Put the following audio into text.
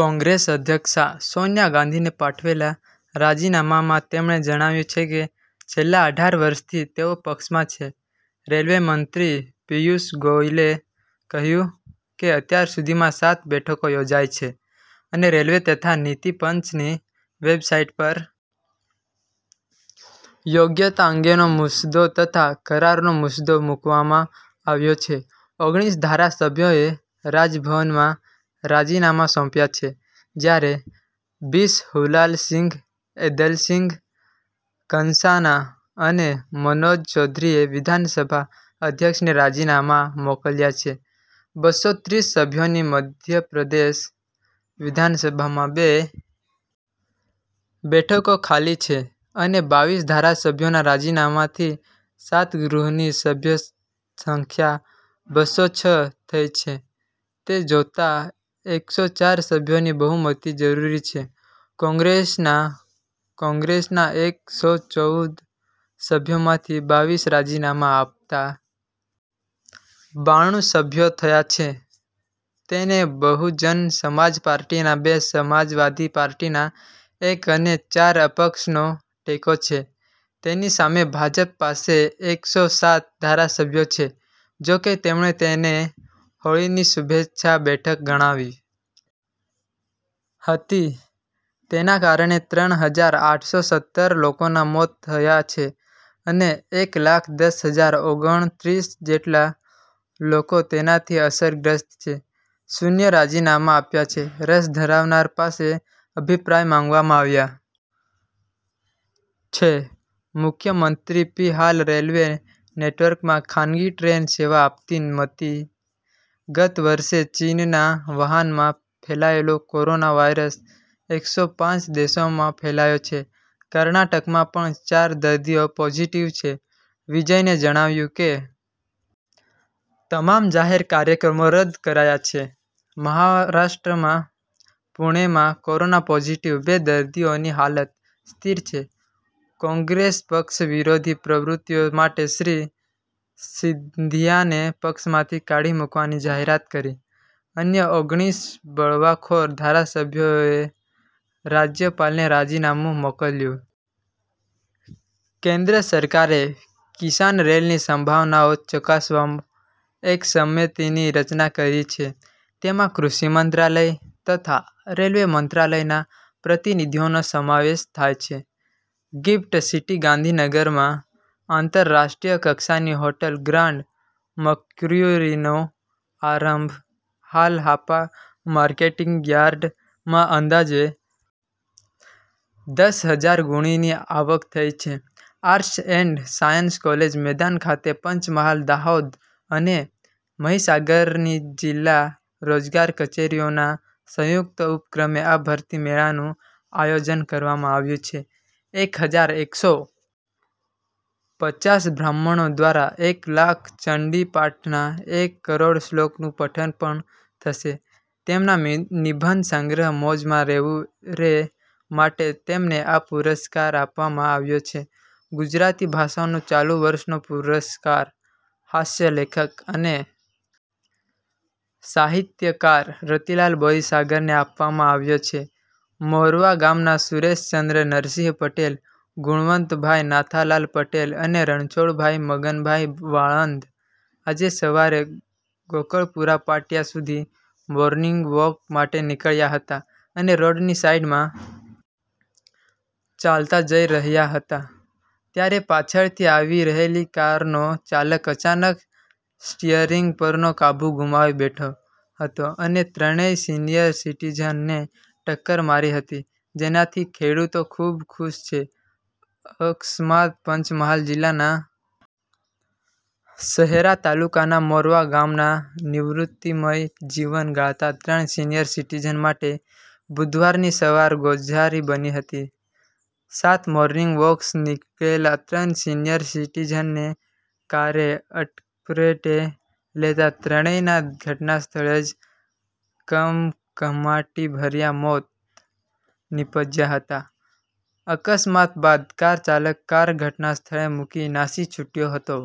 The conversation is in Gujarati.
કોંગ્રેસ અધ્યક્ષા સોનિયા ગાંધીને પાઠવેલા રાજીનામામાં તેમણે જણાવ્યું છે કે છેલ્લાં અઢાર વર્ષથી તેઓ પક્ષમાં છે રેલવેમંત્રી પિયુષ ગોયલે કહ્યું કે અત્યાર સુધીમાં સાત બેઠકો યોજાઇ છે અને રેલવે તથા નિતિપંચની વેબસાઇટ પર યોગ્યતા અંગેનો મુસદ્દો તથા કરારનો મુસદ્દો મૂકવામાં આવ્યો છે ઓગણિસ ધારાસભ્યોએ રાજભવનમાં રાજીનામાં સોંપ્યાં છે જયારે બિસહુલાલસિંઘ એદલસિંઘ કંસાના અને મનોજ ચૌધરીએ વિધાનસભા અધ્યક્ષને રાજીનામાં મોકલ્યાં છે બસ્સો ત્રીસ સભ્યોની મધ્યપ્રદેશ વિધાનસભામાં બે બેઠકો ખાલી છે અને બાવીસ ધારાસભ્યોના રાજીનામાથી સાત ગૃહની સભ્ય સંખ્યા બસ્સો છ થઇ છે તે જોતાં એક સો ચાર સભ્યોની બહુમતિ જરૂરી છે કોંગ્રેસના કોંગ્રેસના એક સો ચૌદ સભ્યોમાંથી બાવીસ રાજીનામાં આપતાં બાણું સભ્યો થયા છે તેને બહુજન સમાજપાર્ટીના બે સમાજવાદી પાર્ટીના એક અને ચાર અપક્ષનો ટેકો છે તેની સામે ભાજપ પાસે એક સો સાત ધારાસભ્યો છે જો કે તેમણે તેને હોળીની શુભેચ્છા બેઠક ગણાવી હતી તેના કારણે ત્રણ હજાર આઠ સો સત્તર લોકોના મોત થયા છે અને એક લાખ દસ હજાર ઓગણત્રીસ જેટલા લોકો તેનાથી અસરગ્રસ્ત છે શૂન્ય રાજીનામાં આપ્યાં છે રસ ધરાવનાર પાસે અભિપ્રાય માંગવામાં આવ્યા છે મુખ્યમંત્રી પી હાલ રેલવે નેટવર્કમાં ખાનગી ટ્રેન સેવા આપતી મથી ગત વર્ષે ચીનનાં વહાનમાં ફેલાયેલો કોરોના વાયરસ એક સો પાંચ દેશોમાં ફેલાયો છે કર્ણાટકમાં પણ ચાર દર્દીઓ પોઝીટીવ છે વિજયને જણાવ્યું કે તમામ જાહેર કાર્યક્રમો રદ કરાયા છે મહારાષ્ટ્રમાં પૂણેમાં કોરોના પોઝીટીવ બે દર્દીઓની હાલત સ્થિર છે કોંગ્રેસ પક્ષવિરોધી પ્રવૃત્તિઓ માટે શ્રી સિંધિયાને પક્ષમાંથી કાઢી મૂકવાની જાહેરાત કરી અન્ય ઓગણિસ બળવાખોર ધારાસભ્યોએ રાજયપાલને રાજીનામું મોકલ્યું કેન્દ્ર સરકારે કિસાનરેલની સંભાવનાઓ ચકાસવા એક સમિતિની રચના કરી છે તેમાં કૃષિમંત્રાલય તથા રેલવે મંત્રાલયના પ્રતિનિધિઓનો સમાવેશ થાય છે ગીફટ સીટીગાંધીનગરમાં આતંરરાષ્ટ્રીય કક્ષાની હોટલ ગ્રાન્ડ મકર્યુંરીનો આરંભ હાલ હાપા માર્કેટિંગ યાર્ડ માં અંદાજે દસ હજાર ગુણી ની આવક થઈ છે આર્ટસ એન્ડ સાયન્સ કોલેજ મેદાન ખાતે પંચમહાલ દાહોદ અને મહિસાગરની જિલ્લા રોજગાર કચેરીઓના સંયુક્ત ઉપક્રમે આ ભરતી મેળાનું આયોજન કરવામાં આવ્યું છે એક હજાર એક સો પચાસ બ્રાહ્મણો દ્વારા એક લાખ ચંડી પાઠના એક કરોડ શ્લોકનું પઠન પણ થશે તેમના નિબંધસંગ્રહ મોજમાં રેવુ રે માટે તેમને આ પુરસ્કાર આપવામાં આવ્યો છે ગુજરાતી ભાષાનો ચાલુ વર્ષનો પુરસ્કાર હાસ્ય લેખક અને સાહિત્યકાર રતિલાલ બોરીસાગરને આપવામા આવ્યો છે મોરવા ગામના સુરેશચંદ્ર નરસિંહ પટેલ ગુણવંત ભાઈ નાથાલાલ પટેલ અને રણછોડ ભાઈ મગનભાઈ વાળંદ આજે સવારે ગોકળપુરા પાટિયા સુધી મોર્નિંગ વોક માટે નીકળ્યા હતા અને રોડની સાઈડમાં ચાલતા જઈ રહ્યા હતા ત્યારે પાછળથી આવી રહેલી કારનો ચાલક અચાનક સ્ટિયરીંગ પરનો કાબૂ ગુમાવી બેઠો હતો અને ત્રણેય સિનિયર સિટીઝન ને ટક્કર મારી હતી જેનાથી ખેડૂતો ખૂબ ખુશ છે અકસ્માત પંચમહાલ જિલ્લાના શહેરા તાલુકાના મોરવા ગામના નીવૃતિમય જીવન ગાળતા ત્રણ સિનિયર સિટીઝન માટે બુધવારની સવાર ગોઝારી બની હતી સાત મોર્નિંગ વોકમાં નીકળેલા ત્રણ સિનિયર સિટીઝનને કારે અડફેટે લેતાં ત્રણેયના ઘટનાસ્થળે જ કમકમાટીભર્યા મોત નીપજ્યા હતા અકસ્માત બાદ કાર ચાલક કાર ઘટનાસ્થળે મૂકી નાસી છૂટ્યો હતો।